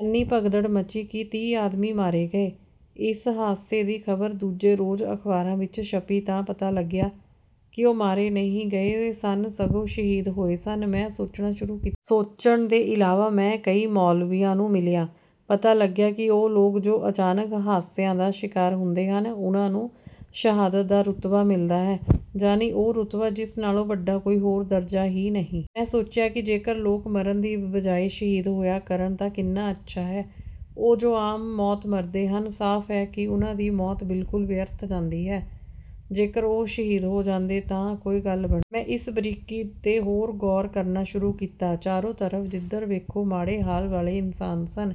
ਇੰਨੀ ਭਗਦੜ ਮੱਚੀ ਕਿ ਤੀਹ ਆਦਮੀ ਮਾਰੇ ਗਏ। ਇਸ ਹਾਦਸੇ ਦੀ ਖ਼ਬਰ ਦੂਜੇ ਰੋਜ਼ ਅਖ਼ਬਾਰਾਂ ਵਿੱਚ ਛਪੀ ਤਾਂ ਪਤਾ ਲੱਗਿਆ ਕਿ ਉਹ ਮਾਰੇ ਨਹੀਂ ਗਏ ਸਨ, ਸਗੋਂ ਸ਼ਹੀਦ ਹੋਏ ਸਨ। ਮੈਂ ਸੋਚਣਾ ਸ਼ੁਰੂ ਕੀਤਾ। ਸੋਚਣ ਦੇ ਇਲਾਵਾ ਮੈਂ ਕਈ ਮੌਲਵੀਆਂ ਨੂੰ ਮਿਲਿਆ। ਪਤਾ ਲੱਗਿਆ ਕਿ ਉਹ ਲੋਕ, ਜੋ ਅਚਾਨਕ ਹਾਦਸਿਆਂ ਦਾ ਸ਼ਿਕਾਰ ਹੁੰਦੇ ਹਨ, ਉਨ੍ਹਾਂ ਨੂੰ ਸ਼ਹਾਦਤ ਦਾ ਰੁਤਬਾ ਮਿਲਦਾ ਹੈ। ਯਾਨੀ ਉਹ ਰੁਤਬਾ, ਜਿਸ ਨਾਲੋਂ ਵੱਡਾ ਕੋਈ ਹੋਰ ਦਰਜਾ ਹੀ ਨਹੀਂ। ਮੈਂ ਸੋਚਿਆ ਕਿ ਜੇਕਰ ਲੋਕ ਮਰਨ ਦੀ ਬਜਾਏ ਸ਼ਹੀਦ ਹੋਇਆ ਕਰਨ ਤਾਂ ਕਿੰਨਾ ਅੱਛਾ ਹੈ। ਉਹ ਜੋ ਆਮ ਮੌਤ ਮਰਦੇ ਹਨ। ਸਾਫ਼ ਹੈ ਕਿ ਉਨ੍ਹਾਂ ਦੀ ਮੌਤ ਬਿਲਕੁਲ ਵਿਅਰਥ ਜਾਂਦੀ ਹੈ। ਜੇਕਰ ਉਹ ਸ਼ਹੀਦ ਹੋ ਜਾਂਦੇ ਤਾਂ ਕੋਈ ਗੱਲ ਬਣਦੀ। ਮੈਂ ਇਸ ਬਰੀਕੀ ਤੇ ਹੋਰ ਗੌਰ ਕਰਨਾ ਸ਼ੁਰੂ ਕੀਤਾ। ਚਾਰੋਂ ਤਰਫ਼ ਜਿੱਧਰ ਵੇਖੋ, ਮਾੜੇ ਹਾਲ ਵਾਲੇ ਇਨਸਾਨ ਸਨ।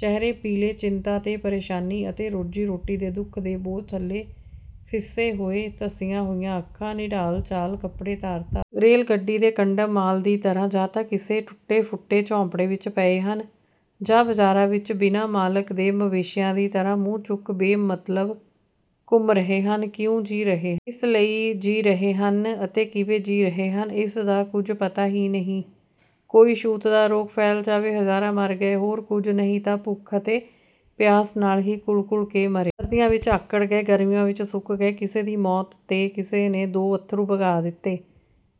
ਚਿਹਰੇ ਪੀਲੇ, ਚਿੰਤਾ ਤੇ ਪਰੇਸ਼ਾਨੀ ਅਤੇ ਰੋਜ਼ੀ-ਰੋਟੀ ਦੇ ਦੁੱਖ ਦੇ ਬੋਝ ਥੱਲੇ ਪਿਸੇ ਹੋਏ, ਧਸੀਆਂ ਹੋਈਆਂ ਅੱਖਾਂ, ਨਿਢਾਲ ਚਾਲ, ਕੱਪੜੇ ਤਾਰ-ਤਾਰ। ਰੇਲ-ਗੱਡੀ ਦੇ ਕੰਡਮ ਮਾਲ ਦੀ ਤਰ੍ਹਾਂ ਜਾਂ ਤਾਂ ਕਿਸੇ ਟੁੱਟੇ-ਫੁੱਟੇ ਝੋਂਪੜੇ ਵਿੱਚ ਪਏ ਹਨ ਜਾਂ ਬਜ਼ਾਰਾਂ ਵਿੱਚ ਬਿਨਾਂ ਮਾਲਕ ਦੇ ਮਵੇਸ਼ੀਆਂ ਦੀ ਤਰ੍ਹਾਂ ਮੂੰਹ ਚੁੱਕ ਬੇਮਤਲਬ ਘੁੰਮ ਰਹੇ ਹਨ। ਕਿਉਂ ਜੀ ਰਹੇ ਕਿਸ ਲਈ ਜੀ ਰਹੇ ਹਨ ਅਤੇ ਕਿਵੇਂ ਜੀ ਰਹੇ ਹਨ? ਇਸ ਦਾ ਕੁਝ ਪਤਾ ਹੀ ਨਹੀਂ। ਕੋਈ ਛੂਤ ਦਾ ਰੋਗ ਫੈਲ ਜਾਵੇ। ਹਜ਼ਾਰਾਂ ਮਰ ਗਏ। ਹੋਰ ਕੁਝ ਨਹੀਂ ਤਾਂ ਭੁੱਖ ਅਤੇ ਪਿਆਸ ਨਾਲ ਹੀ ਘੁਲ-ਘੁਲ ਕੇ ਮਰੇ। ਸਰਦੀਆਂ ਵਿੱਚ ਆਕੜ ਗਏ, ਗਰਮੀਆਂ ਵਿੱਚ ਸੁੱਕ ਗਏ। ਕਿਸੇ ਦੀ ਮੌਤ ਤੇ ਕਿਸੇ ਨੇ ਦੋ ਅੱਥਰੂ ਵਗਾ ਦਿੱਤੇ।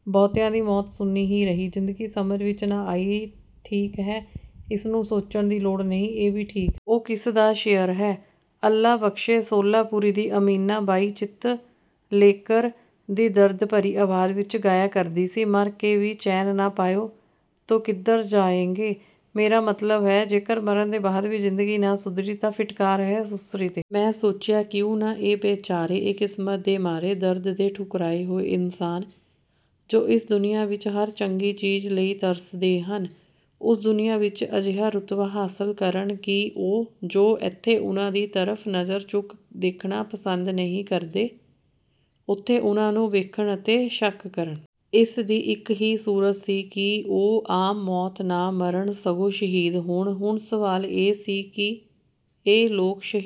ਬਹੁਤਿਆਂ ਦੀ ਮੌਤ ਸੁੰਨੀ ਹੀ ਰਹੀ। ਜ਼ਿੰਦਗੀ ਸਮਝ ਵਿੱਚ ਨਾ ਆਈ, ਠੀਕ ਹੈ। ਇਸ ਨੂੰ ਸੋਚਣ ਦੀ ਲੋੜ ਨਹੀਂ, ਇਹ ਵੀ ਠੀਕ ਹੈ। ਉਹ ਕਿਸ ਦਾ ਸ਼ੇਅਰ ਹੈ। ਅੱਲਾ ਬਖ਼ਸ਼ੇ ਸ਼ੋਲਾਪੁਰੀ ਦੀ ਅਮੀਨਾ ਬਾਈ ਚਿਤਲੇਕਰ ਦੀ ਦਰਦ-ਭਰੀ ਆਵਾਜ਼ ਵਿੱਚ ਗਾਇਆ ਕਰਦੀ ਸੀ, "ਮਰ ਕੇ ਭੀ ਚੈਨ ਨਾ ਪਾਇਆ ਤੋ ਕਿਧਰ ਜਾਏਗੇ।" ਮੇਰਾ ਮਤਲਬ ਹੈ, ਜੇਕਰ ਮਰਨ ਦੇ ਬਾਅਦ ਵੀ ਜ਼ਿੰਦਗੀ ਨਾ ਸੁਧਰੀ ਤਾਂ ਫਿਟਕਾਰ ਹੈ ਸੁਸਰੀ ਤੇ। ਮੈਂ ਸੋਚਿਆ, ਕਿਉਂ ਨਾ ਇਹ ਬੇਚਾਰੇ, ਇਹ ਕਿਸਮਤ ਦੇ ਮਾਰੇ, ਦਰਦ ਦੇ ਠੁਕਰਾਏ ਹੋਏ ਇਨਸਾਨ, ਜੋ ਇਸ ਦੁਨੀਆ ਵਿੱਚ ਹਰ ਚੰਗੀ ਚੀਜ਼ ਲਈ ਤਰਸਦੇ ਹਨ, ਉਸ ਦੁਨੀਆ ਵਿੱਚ ਅਜਿਹਾ ਰੁਤਬਾ ਹਾਸਲ ਕਰਨ ਕਿ ਉਹ, ਜੋ ਇੱਥੇ ਉਨ੍ਹਾਂ ਦੀ ਤਰਫ਼ ਨਜ਼ਰ ਚੁੱਕ ਦੇਖਣਾ ਪਸੰਦ ਨਹੀਂ ਕਰਦੇ, ਉੱਥੇ ਉਨ੍ਹਾਂ ਨੂੰ ਵੇਖਣ ਅਤੇ ਸ਼ਕ ਕਰਨ। ਇਸ ਦੀ ਇੱਕ ਹੀ ਸੂਰਤ ਸੀ ਕਿ ਉਹ ਆਮ ਮੌਤ ਨਾ ਮਰਨ, ਸਗੋਂ ਸ਼ਹੀਦ ਹੋਣ। ਹੁਣ ਸਵਾਲ ਇਹ ਸੀ ਕਿ ਇਹ ਲੋਕ ਸ਼ਹੀਦ